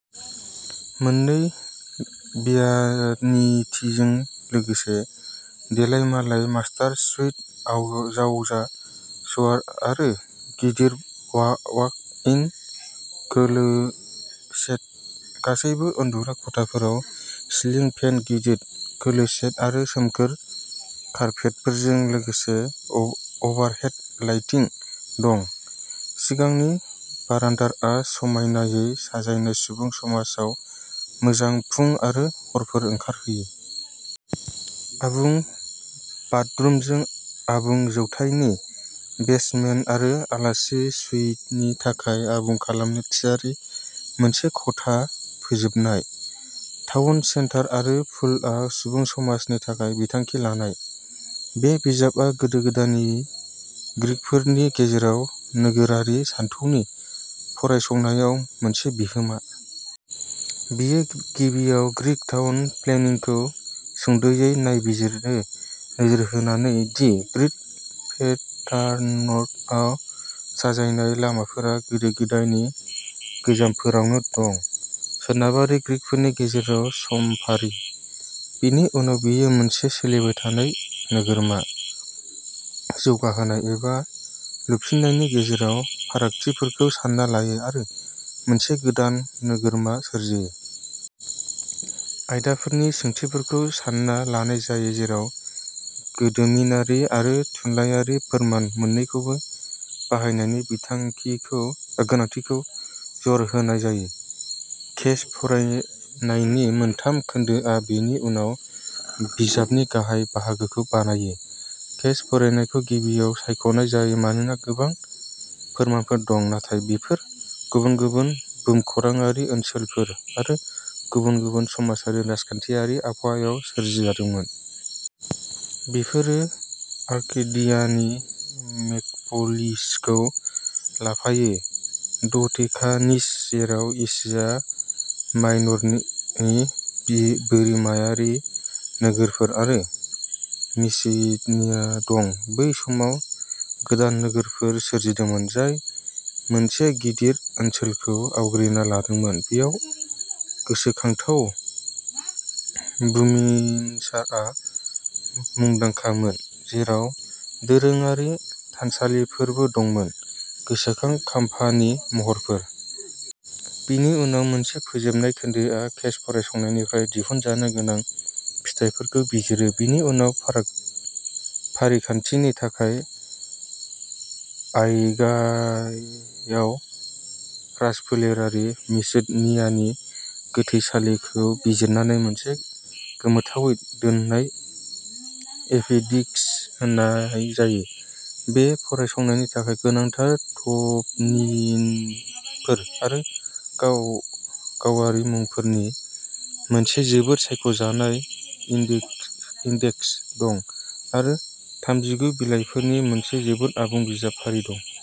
मोननै भ्यानिटिजों लोगोसे देलायमालाय मास्टार सुइट, जावजा शावर, आरो गिदिर वाक-इन क्लोसेट। गासैबो उन्दुग्रा खथाफोराव सिलिं फेन, गिदिर क्लोसेट आरो सोमखोर कार्पेटफोरजों लोगोसे अ-अभारहेड लाइटिं दं। सिगांनि बारान्दाआ समायनायै साजायनाय सुबुं समाजाव मोजां फुं आरो हरफोर ओंखारहोयो। आबुं बाथरुमजों आबुं जौथायनि बेसमेन्ट आरो आलासि सुइटनि थाखाय आबुं खालामनो थियारि मोनसे खथा फोजोबनाय। टाउन सेन्टार आरो पुलआ सुबुं समाजनि थाखाय बिथांखि लानाय। बे बिजाबआ गोदो-गोदायनि ग्रीकफोरनि गेजेराव नोगोरारि सानथौनि फरायसंनायाव मोनसे बिहोमा। बेयो गिबियाव ग्रीक टाउन-प्लेनिंखौ सुंद'यै नायबिजिरो, नोजोर होनानै दि ग्रिड पेटार्नाव साजायनाय लामाफोरा गोदो-गोदायनि गोजामफोरावनो दं। सोनाबारि ग्रीकफोरनि गेजेराव समफारि। बेनि उनाव बेयो मोनसे सोलिबाय थानाय नोगोरमा जौगाहोनाय एबा लुफिन्नायनि गेजेराव फारागथिफोरखौ सान्ना लायो आरो मोनसे गोदान नोगोरमा सोरजियो। आयदाफोरनि सोंथिफोरखौ सान्ना लानाय जायो, जेराव गोदोमिनारि आरो थुनलायारि फोरमान मोन्नैखौबो बाहायनायनि बिथांखिखौ ओ गोनांथिखौ जर होनाय जायो। केस-फरायनायनि मोनथाम खोन्दोआ बेनि उनाव बिजाबनि गाहाय बाहागोखौ बानायो। केस-फरायनायखौ गिबियाव सायख'नाय जायो मानोना गोबां फोरमानफोर दं, नाथाय बेफोरो गुबुन-गुबुन भुमखौराङारि ओनसोलफोर आरो गुबुन-गुबुन समाजारि-राजखान्थियारि आबहावायाव सोरजिजादोंमोन। बेफोरो आर्केडियानि मेग'पलिसखौ लाफायो डडेकानिज, जेराव एसिया माइनरनि बोरिमायारि नोगोरफोर, आरो मेसिड'निया दं। बै समाव गोदान नोगोरमाफोर सोरजिदोंमोन जाय मोनसे गिदिर ओनसोलखौ आवग्रिना लादोंमोन। बेयाव गोसोखांथाव बुमिनसारआ मुंदांखामोन, जेराव दोरोङारि थानसालिफोरबो दंमोन गोसोखां खाम्फानि महरफोर। बेनि उनाव मोनसे फोजोबनाय खोन्दोआ केस-फरायसंनायनिफ्राय दिहुनजानो गोनां फिथाइफोरखौ बिजिरो। बेनि उनाव फाराग फारिखान्थिनि थाखाय आइगाइआव राजफोलेरारि मेसिड' नियानि गोथैसालिखौ बिजिरनानै मोनसे गोमोथावै दोननाय एपेंडिक्स होनाय जायो। बे फरायसंनायनि थाखाय गोनांथार ट'प'निमफोर आरो गावारि मुंफोरनि मोनसे जोबोद सायख'जानाय इन्डेक्स दं, आरो थामजिगु बिलाइफोरनि मोनसे जोबोद आबुं बिजाब फारि दं।